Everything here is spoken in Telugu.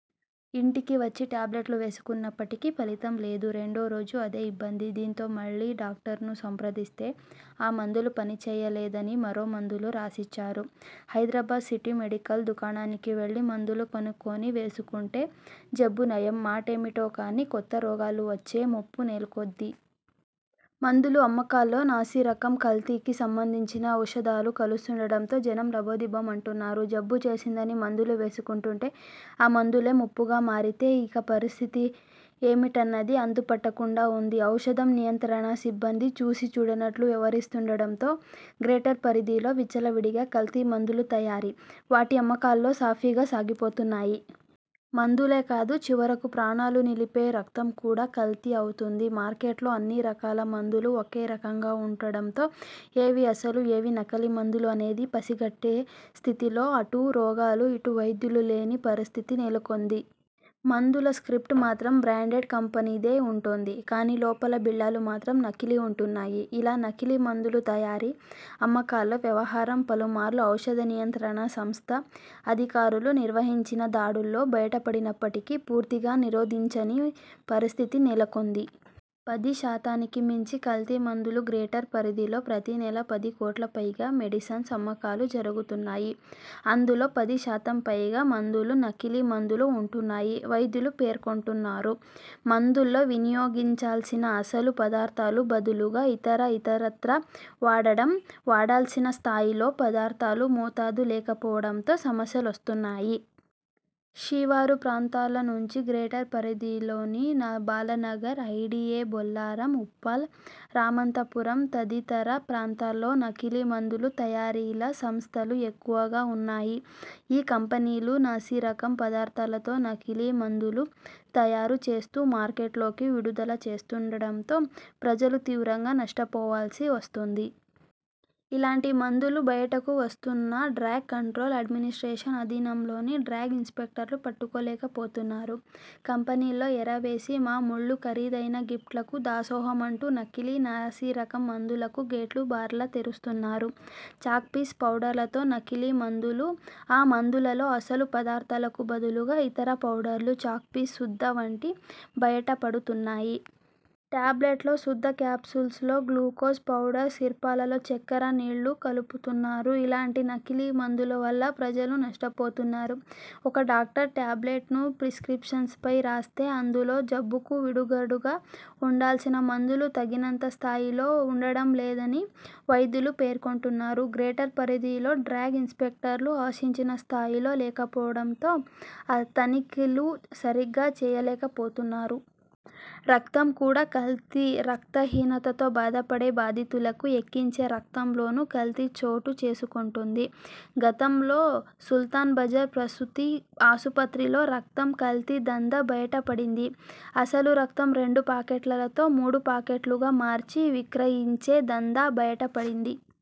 ఇంటికి వచ్చి ట్యాబ్లెట్లు వేసుకున్నప్పటికీ ఫలితం లేదు. రెండో రోజు అదే ఇబ్బంది. దీంతో మళ్లీ డాక్ట ర్ను సంప్రదిస్తే ఆ మందులు పనిచేయ లేద ని మరో మందులు రాసిచ్చారు''. హైదరాబాద్ సిటీ, మెడికల్ దుకాణానికి వెళ్లి మందులు కొనుకుని వేసుకుంటే జబ్బు నయం మాటేమిటో కానీ కొత్త రోగాలు వచ్చే ముప్పు నెలకొంది. మందుల అమ్మకాల్లో నాసిరకం, కల్తీకి సంబంధించిన ఔషధాలు కలుస్తుండడంతో జ నం లబోదిబోమంటున్నారు. జబ్బు చేసిందని మం దులు వేసుకుంటే ఆ మందులే ముప్పుగా మారితే ఇక పరిస్థితి ఏమిటన్నది అంతుపట్టకుండా ఉంది. ఔషధ నియంత్రణ సిబ్బంది చూసీ చూడనట్లు వ్య వహరిస్తుండడంతో గ్రేటర్ పరిధిలో విచ్చలవిడిగా కల్తీ మందుల తయారీ, వాటి అమ్మకాలు సాఫీగా సాగిపోతున్నాయి. మందులే కాదు, చివరకు ప్రాణా లు నిలిపే రక్తం కూడా కల్తీ అవుతోంది. మార్కె ట్లో అన్ని రకాల మందులు ఒకే రకంగా ఉంటుం డడంతో ఏవీ అసలు, ఏదీ నకిలీ మందులు అనేది పసిగట్టే స్థితిలో అటు రోగులు, ఇటు వైద్యులు లేని పరిస్థితి నెలకొంది. మందుల స్ర్కిప్ట్ మాత్రం బ్రాం డెండ్ కంపెనీదే ఉంటోంది. కానీ లోపల బిళ్లలు మాత్రం నకిలీ ఉంటున్నాయి. ఇలా నకిలీ మందుల తయారీ, అమ్మకాల వ్యవహారం పలు మార్లు ఔషఽ ద నియంత్రణ సంస్థ అధికారులు నిర్వహించిన దాడుల్లో బయటపడినప్పటికి పూర్తిగా నిరోధించని పరిస్థితి నెలకొంది. పదిశాతానికి మించి కల్తీ మందులుగ్రేటర్ పరిధిలో ప్రతి నెల పది కోట్లకుపైగా మె డిసిన్ అమ్మకాలు జరుగుతున్నాయి. అందులో పది శాతానికి పైగా మందులు నకిలీ మందులు ఉంటున్నాయి వైద్యులు పేర్కొంటున్నారు. మందుల్లో వినియోగించాల్సిన అసలు పదార్థాలకు బదులుగా ఇత ర ఇతరత్రా వాడడం, వాడాల్సిన స్థాయిలో పదార్థాల మోతాదు లేకపోవడంతో సమస్యలొస్తున్నాయి. శివారు ప్రాంతాల నుంచే గ్రేటర్ పరిధిలోని బాలానగర్, ఐడీఏ బొల్లారం, ఉప్పల్, రామాంతపూర్ తదితర ప్రాంతాల్లో నకిలీ మందుల తయారీల సంస్థలు ఎక్కువగా ఉన్నాయి. ఈ కంపెనీలు నాసిరకం పదార్థాలతో నకిలీ మం దులు తయారు చేస్తూ మార్కెట్లోకి విడుదల చే స్తుండడంతో ప్రజలు తీవ్రంగా నష్టపోవాల్సి వస్తోం ది. ఇలాంటి మందులు బయటకు వస్తున్నా డ్రగ్ కంట్రోల్ అడ్మినిస్ట్రేషన్ ఆధీనంలోని డ్రగ్ ఇన్స్పెక్టర్లు పట్టుకోలేకపోతున్నారు. కంపెనీలు ఎర వేసే మా మూళ్లు, ఖరీదైన గిఫ్ట్లకు దాసోహమంటూ నకిలీ, నాసిరకం మందులకు గేట్లు బార్లా తెరుస్తున్నారు. చాక్పీస్, పౌడర్లతో నకిలీ మందులుఈ మందులలో అసలు పదార్థాలకు బదులుగా ఇతర ఫౌడర్లు, చాక్పీస్ సుద్ద వంటివి బయటపడుతున్నాయి. టాబ్లెట్లలో సుద్ద, క్యాప్సూల్స్లో గ్లూకోజ్ పౌడర్, సిర్పలలో చక్కెర నీళ్లు కలుపుతున్నారు. ఇలాంటి నకిలీ మందుల వల్ల ప్రజలు నష్టపోతున్నారు. ఒక డాక్టర్ టాబ్లెట్ను ప్రిస్ర్కిప్షన్పై రాస్తే అందులో జబ్బుకు విరుగుడుగా ఉండాల్సిన మందు తగినంత స్థాయిలో ఉండడం లేదని వైద్యులు పే ర్కొంటున్నారు. గ్రేటర్ పరిధిలో డ్రగ్గ్ ఇన్స్పెక్టర్లు ఆశించిన స్థాయులో లేకపోవడంతో తనిఖీలు సరిగ్గా చేయలేకపోతున్నారు. రక్తం కూడా కల్తీ రక్తహీనతో బాధపడే బాధితులకు ఎక్కించే ర క్తంలోనూ కల్తీ చోటు చేసుకుంటుంది. గతంలో సు ల్తాన్బజార్ ప్రసూతి ఆస్పత్రిలో రక్తం కల్తీ దందా బయట పడింది. అసలు రక్తం రెండు ప్యాకెట్లతో మూడు ప్యాకెట్లుగా మార్చి విక్రయించే దందా బ యట పడింది.